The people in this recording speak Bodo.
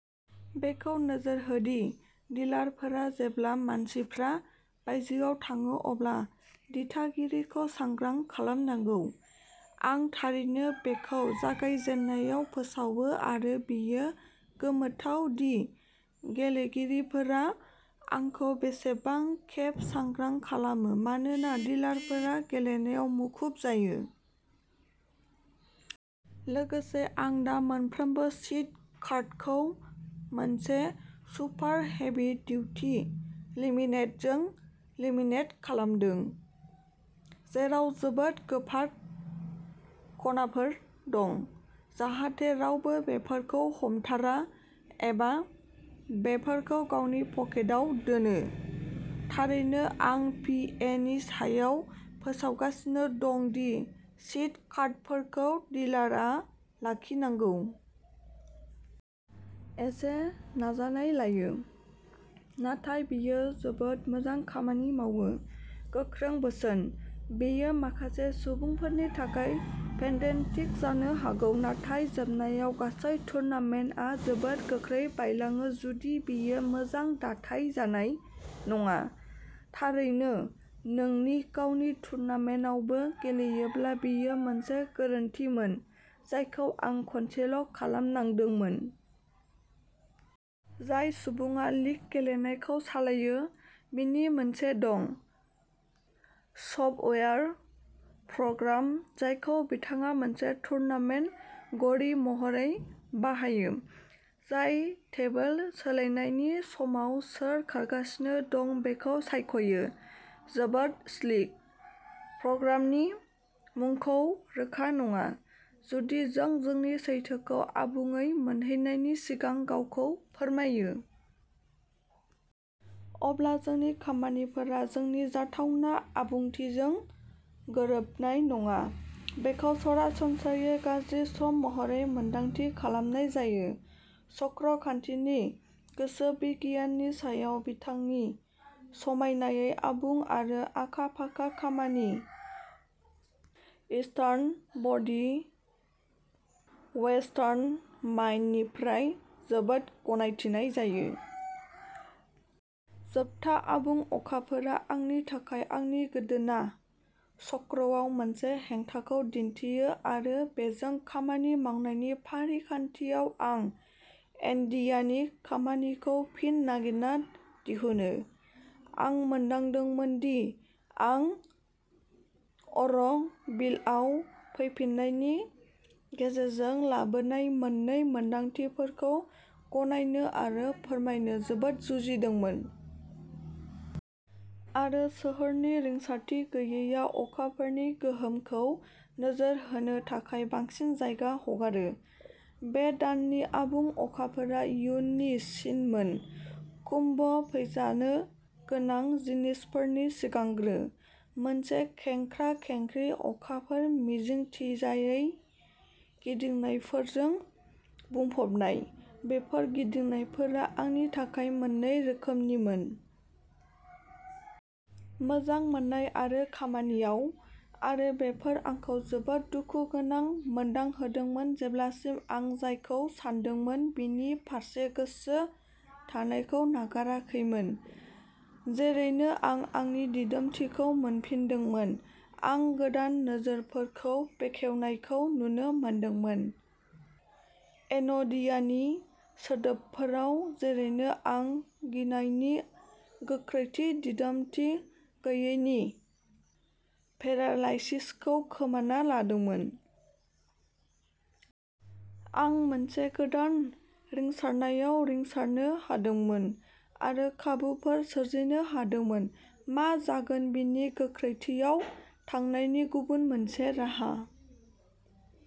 बेखौ नोजोर हो दि डिलारफोरा जेब्ला मानसिफ्रा बायजोआव थाङो अब्ला दिथागिरिखौ सांग्रां खालामनांगौ। आं थारैनो बेखौ जागायजेननायाव फोसावो आरो बेयो गोमोथाव दि गेलेगिरिफोरा आंखौ बेसेबां खेब सांग्रां खालामो मानोना डिलारफोरा गेलेनायाव मुखुब जायो। लोगोसे आं दा मोनफ्रोमबो सिट कार्डखौ मोनसे सुपार हेभि डिउटि लेमिनेटजों लेमिनेट खालामदों। जेराव जोबोद गोफार खनाफोर दं। जाहाथे रावबो बेफोरखौ हमथारा एबा बेफोरखौ गावनि पकेटाव दोनो। थारैनो आं पि ए नि सायाव फोसावगासिनो दं दि सिट कार्डफोरखौ डिलारआ लाखिनांगौ। एसे नाजानाय लायो। नाथाय बेयो जोबोद मोजां खामानि मावो। गोख्रों बोसोन। बेयो माखासे सुबुंफोरनि थाखाय पेडेन्टिक जानो हागौ नाथाय जोबनायाव गासै टुर्नामेन्टआ जोबोद गोख्रै बायलाङो जुदि बेयो मोजां दाथाइ जानाय नङा। थारैनो नोंनि गावनि टुर्नामेन्टआवबो गेलेयोब्ला बेयो मोनसे गोरोन्थिमोन जायखौ आं खनसेल' खालामनांदोंमोन। जाय सुबुङा लीग गेलेनायखौ सालायो। बिनि मोनसे दं। सफ्टवेयार प्रग्राम जायखौ बिथाङा मोनसे टुरनामेन्ट घरि महरै बाहायो। जाय टेबोल सोलायनायनि समाव सोर खारगासिनो दं बेखौबो सायख'यो। जोबोद स्लिक। प्रग्रामनि मुंखौ रोखा नङा। जुदि जों जोंनि सैथोखौ आबुङै मोनहैनायनि सिगां गावखौ फोरमायो। अब्ला जोंनि खामानिफोरा जोंनि जाथावना आबुंथिजों गोरोबनाय नङा। बेखौ सरासनस्रायै गाज्रि सम महरै मोन्दांथि खालामनाय जायो। चक्र खान्थिनि गोसोबिगियाननि सायाव बिथांनि समायनायै आबुं आरो आखा-फाखा खामानि इस्टार्न बडी, वेस्टार्न माइन्ड निफ्राय जोबोद गनायथिनाय जायो। जोबथा आबुं अखाफोरा आंनि थाखाय आंनि गोदोना चक्रआव मोनसे हेंथाखौ दिन्थियो आरो बेजों खामानि मावनायनि फारिखान्थियाव आं एन'डियानि खामानिखौ फिन नागिरना दिहुनो। आं मोनदांदोंमोन दि आं अर'भिलआव फैफिननायनि गेजेरजों लाबोनाय मोननै मोनदांथिफोरखौ गनायनो आरो फोरमायनो जोबोद जुजिदोंमोन। आरो सोहोरनि रिंसारथि गैयैआ अखाफोरनि गोहोमखौ नोजोर होनो थाखाय बांसिन जायगा हगारो। बे दाननि आबुं अखाफोरा इयुननि सिनमोन। कुम्भ फैजानो गोनां जिनिसफोरनि सिगांग्रो। मोनसे खेंख्रा-खेंख्रि अखाफोर मिजिंथिजायै गिदिंनायफोरजों बुंफबनाय। बेफोर गिदिंनायफोरा आंनि थाखाय मोननै रोखोमनिमोन। मोजां मोननाय आरो खामानियाव। आरो बेफोर आंखौ जोबोद दुखुगोनां मोनदांहोदोंमोन जेब्लासिम आं जायखौ सानदोंमोन बिनि फारसे गोसो थानायखौ नागाराखैमोन। जेरैनो आं आंनि दिदोमथिखौ मोनफिनदोंमोन। आं गोदान नोजोरफोरखौ बेखेवनायखौ नुनो मोनदोंमोन। एन'डियानि सोदोबफोराव, जेरैनो आं गिनायनि गोख्रोंथि दिदोमथि गैयैनि पेरालाइसिसखौ खोमाना लादोंमोन। आं मोनसे गोदान रिंसारनायाव रिंसारनो हादोंमोन। आरो खाबुफोर सोरजिनो हादोंमोन। मा जागोन बिनि गोख्रैथियाव थांनायनि गुबुन मोनसे राहा।